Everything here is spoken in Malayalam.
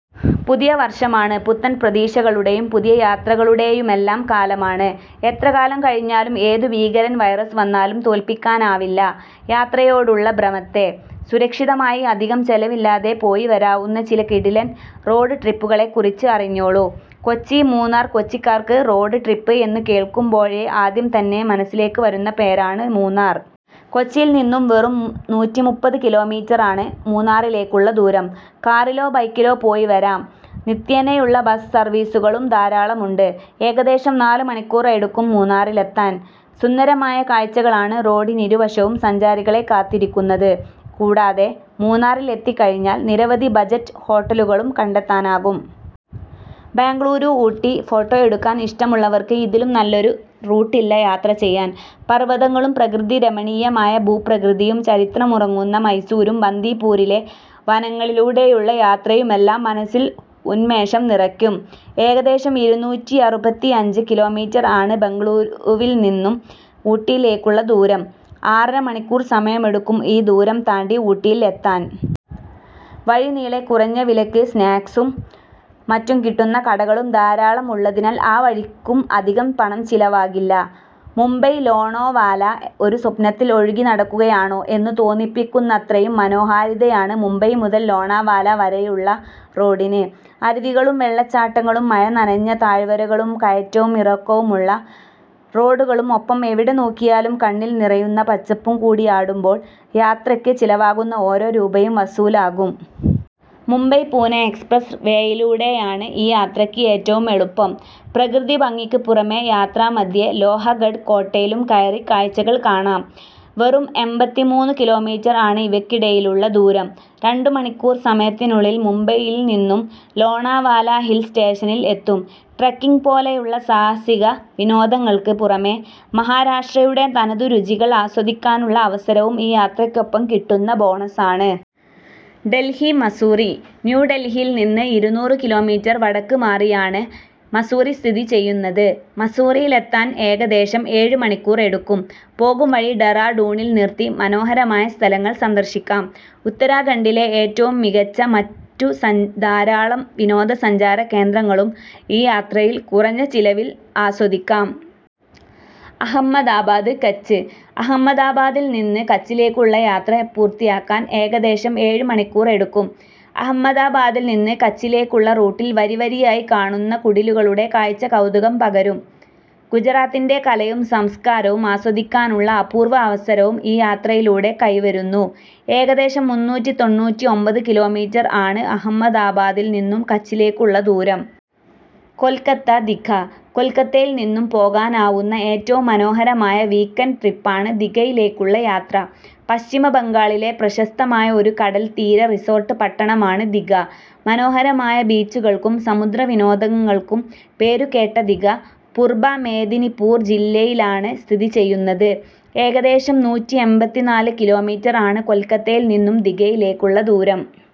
പുതിയ വര്‍ഷമാണ്. പുത്തന്‍ പ്രതീക്ഷകളുടെയും പുതിയ യാത്രകളുടെയുമെല്ലാം കാലമാണ്. എത്രകാലം കഴിഞ്ഞാലും ഏതു ഭീകരൻ വൈറസ് വന്നാലും തോല്‍പ്പിക്കാനാവില്ല, യാത്രയോടുള്ള ഭ്രമത്തെ. സുരക്ഷിതമായി അധികം ചെലവില്ലാതെ പോയിവരാവുന്ന ചില കിടിലന്‍ റോഡ് ട്രിപ്പുകളെക്കുറിച്ച് അറിഞ്ഞോളൂ. കൊച്ചി- മൂന്നാര്‍ കൊച്ചിക്കാർക്ക് റോഡ് ട്രിപ്പ് എന്നു കേള്‍ക്കുമ്പോഴേ ആദ്യം തന്നെ മനസ്സിലേക്ക് വരുന്ന പേരാണ് മൂന്നാര്‍. കൊച്ചിയില്‍ നിന്നും വെറും നൂറ്റിമൂപ്പത്ത് കിലോമീറ്ററാണ് മൂന്നാറിലേക്കുള്ള ദൂരം. കാറിലോ ബൈക്കിലോ പോയി വരാം, നിത്യേനയുള്ള ബസ് സര്‍വീസുകളും ധാരാളമുണ്ട്. ഏകദേശം നാല് മണിക്കൂർ എടുക്കും മൂന്നാറിലെത്താൻ. സുന്ദരമായ കാഴ്ചകളാണ് റോഡിനിരുവശവും സഞ്ചാരികളെ കാത്തിരിക്കുന്നത്. കൂടാതെ, മൂന്നാറില്‍ എത്തിക്കഴിഞ്ഞാൽ നിരവധി ബജറ്റ് ഹോട്ടലുകളും കണ്ടെത്താനാകും. ബെംഗളൂരു-ഊട്ടി ഫോട്ടോയെടുക്കാൻ ഇഷ്ടമുള്ളവർക്ക് ഇതിലും നല്ലൊരു റൂട്ടില്ല യാത്ര ചെയ്യാന്‍. പർവതങ്ങളും പ്രകൃതിരമണീയമായ ഭൂപ്രകൃതിയും ചരിത്രമുറങ്ങുന്ന മൈസൂരും ബന്ദിപ്പൂരിലെ വനങ്ങളിലൂടെയുള്ള യാത്രയുമെല്ലാം മനസ്സില്‍ ഉന്മേഷം നിറയ്ക്കും. ഏകദേശം ഇരുന്നൂറ്റിയറുപതിയഞ്ച് കിലോമീറ്റര്‍ ആണ് ബെംഗളൂരുവിൽ നിന്നും ഊട്ടിയിലേക്കുള്ള ദൂരം. ആറര മണിക്കൂര്‍ സമയമെടുക്കും ഈ ദൂരം താണ്ടി ഊട്ടിയില്‍ എത്താന്‍. വഴി നീളെ കുറഞ്ഞ വിലയ്ക്ക് സ്നാക്സും മറ്റും കിട്ടുന്ന കടകളും ധാരാളം ഉള്ളതിനാല്‍ ആ വഴിക്കും അധികം പണം ചിലവാകില്ല. മുംബൈ-ലോണാവാല ഒരു സ്വപ്നത്തില്‍ ഒഴുകി നടക്കുകയാണോ എന്നു തോന്നിപ്പിക്കുന്നത്രയും മനോഹാരിതയാണ് മുംബൈ മുതൽ ലോണാവാല വരെയുള്ള റോഡിന്. അരുവികളും വെള്ളച്ചാട്ടങ്ങളും മഴ നനഞ്ഞ താഴ്വരകളും കയറ്റവും ഇറക്കവുമുള്ള റോഡുകളും ഒപ്പം എവിടെ നോക്കിയാലും കണ്ണില്‍ നിറയുന്ന പച്ചപ്പും കൂടിയാടുമ്പോള്‍ യാത്രക്ക് ചിലവാകുന്ന ഓരോ രൂപയും വസൂലാകും. മുംബൈ-പൂനെ എക്സ്പ്രസ് വേയിലൂടെയാണ് ഈ യാത്രക്ക് ഏറ്റവും എളുപ്പം. പ്രകൃതിഭംഗിക്ക് പുറമേ യാത്രാമധ്യേ, ലോഹഗഡ് കോട്ടയിലും കയറി കാഴ്ചകള്‍ കാണാം. വെറും എമ്പത്തിമൂന്നു കിലോമീറ്റര്‍ ആണ് ഇവയ്ക്കിടയിലുള്ള ദൂരം. രണ്ടു മണിക്കൂര്‍ സമയത്തിനുള്ളിൽ മുംബൈയില്‍ നിന്നും ലോണാവാല ഹിൽ സ്റ്റേഷനിൽ എത്തും. ട്രെക്കിങ് പോലെയുള്ള സാഹസിക വിനോദങ്ങള്‍ക്ക് പുറമേ, മഹാരാഷ്ട്രയുടെ തനതു രുചികള്‍ ആസ്വദിക്കാനുള്ള അവസരവും ഈ യാത്രക്കൊപ്പം കിട്ടുന്ന ബോണസാണ്. ഡൽഹി-മസ്സൂറി ന്യൂ ഡൽഹിയിൽ നിന്ന് ഇരുനൂറ് കിലോമീറ്റർ വടക്ക് മാറിയാണ് മസ്സൂറി സ്ഥിതി ചെയ്യുന്നത്, മസ്സൂറിയിലെത്താൻ ഏകദേശം ഏഴ് മണിക്കൂർ എടുക്കും. പോകുംവഴി ഡെറാഡൂണിൽ നിർത്തി മനോഹരമായ സ്ഥലങ്ങള്‍ സന്ദര്‍ശിക്കാം. ഉത്തരാഖണ്ഡിലെ ഏറ്റവും മികച്ച മറ്റു ധാരാളം വിനോദസഞ്ചാര കേന്ദ്രങ്ങളും ഈ യാത്രയില്‍ കുറഞ്ഞ ചിലവില്‍ ആസ്വദിക്കാം. അഹമ്മദാബാദ്-കച്ച് അഹമ്മദാബാദിൽ നിന്ന് കച്ചിലേക്കുള്ള യാത്ര പൂർത്തിയാക്കാൻ ഏകദേശം ഏഴ് മണിക്കൂർ എടുക്കും. അഹമ്മദാബാദിൽ നിന്ന് കച്ചിലേക്കുള്ള റൂട്ടിൽ വരിവരിയായി കാണുന്ന കുടിലുകളുടെ കാഴ്ച കൗതുകം പകരും. ഗുജറാത്തിന്‍റെ കലയും സംസ്കാരവും ആസ്വദിക്കാനുള്ള അപൂര്‍വ്വ അവസരവും ഈ യാത്രയിലൂടെ കൈവരുന്നു. ഏകദേശം മുന്നൂറ്റിതൊണ്ണൂറ്റിഒമ്പത് കിലോമീറ്റര്‍ ആണ് അഹമ്മദാബാദിൽ നിന്നും കച്ചിലേക്കുള്ള ദൂരം. കൊൽക്കത്ത ദിഘ കൊൽക്കത്തയിൽ നിന്നും പോകാനാവുന്ന ഏറ്റവും മനോഹരമായ വീക്കെൻഡ് ട്രിപ്പാണ് ദിഘയിലേക്കുള്ള യാത്ര. പശ്ചിമബംഗാളിലെ പ്രശസ്തമായ ഒരു കടൽത്തീര റിസോർട്ട് പട്ടണമാണ് ദിഘ. മനോഹരമായ ബീച്ചുകള്‍ക്കും സമുദ്രവിനോദങ്ങൾക്കും പേരുകേട്ട ദിഘ, പുർബ മേദിനിപൂർ ജില്ലയിലാണ് സ്ഥിതി ചെയ്യുന്നത്. ഏകദേശം നൂറ്റിഎമ്പതിനാല് കിലോമീറ്റർ ആണ് കൊല്‍ക്കത്തയില്‍ നിന്നും ദിഘയിലേക്കുള്ള ദൂരം.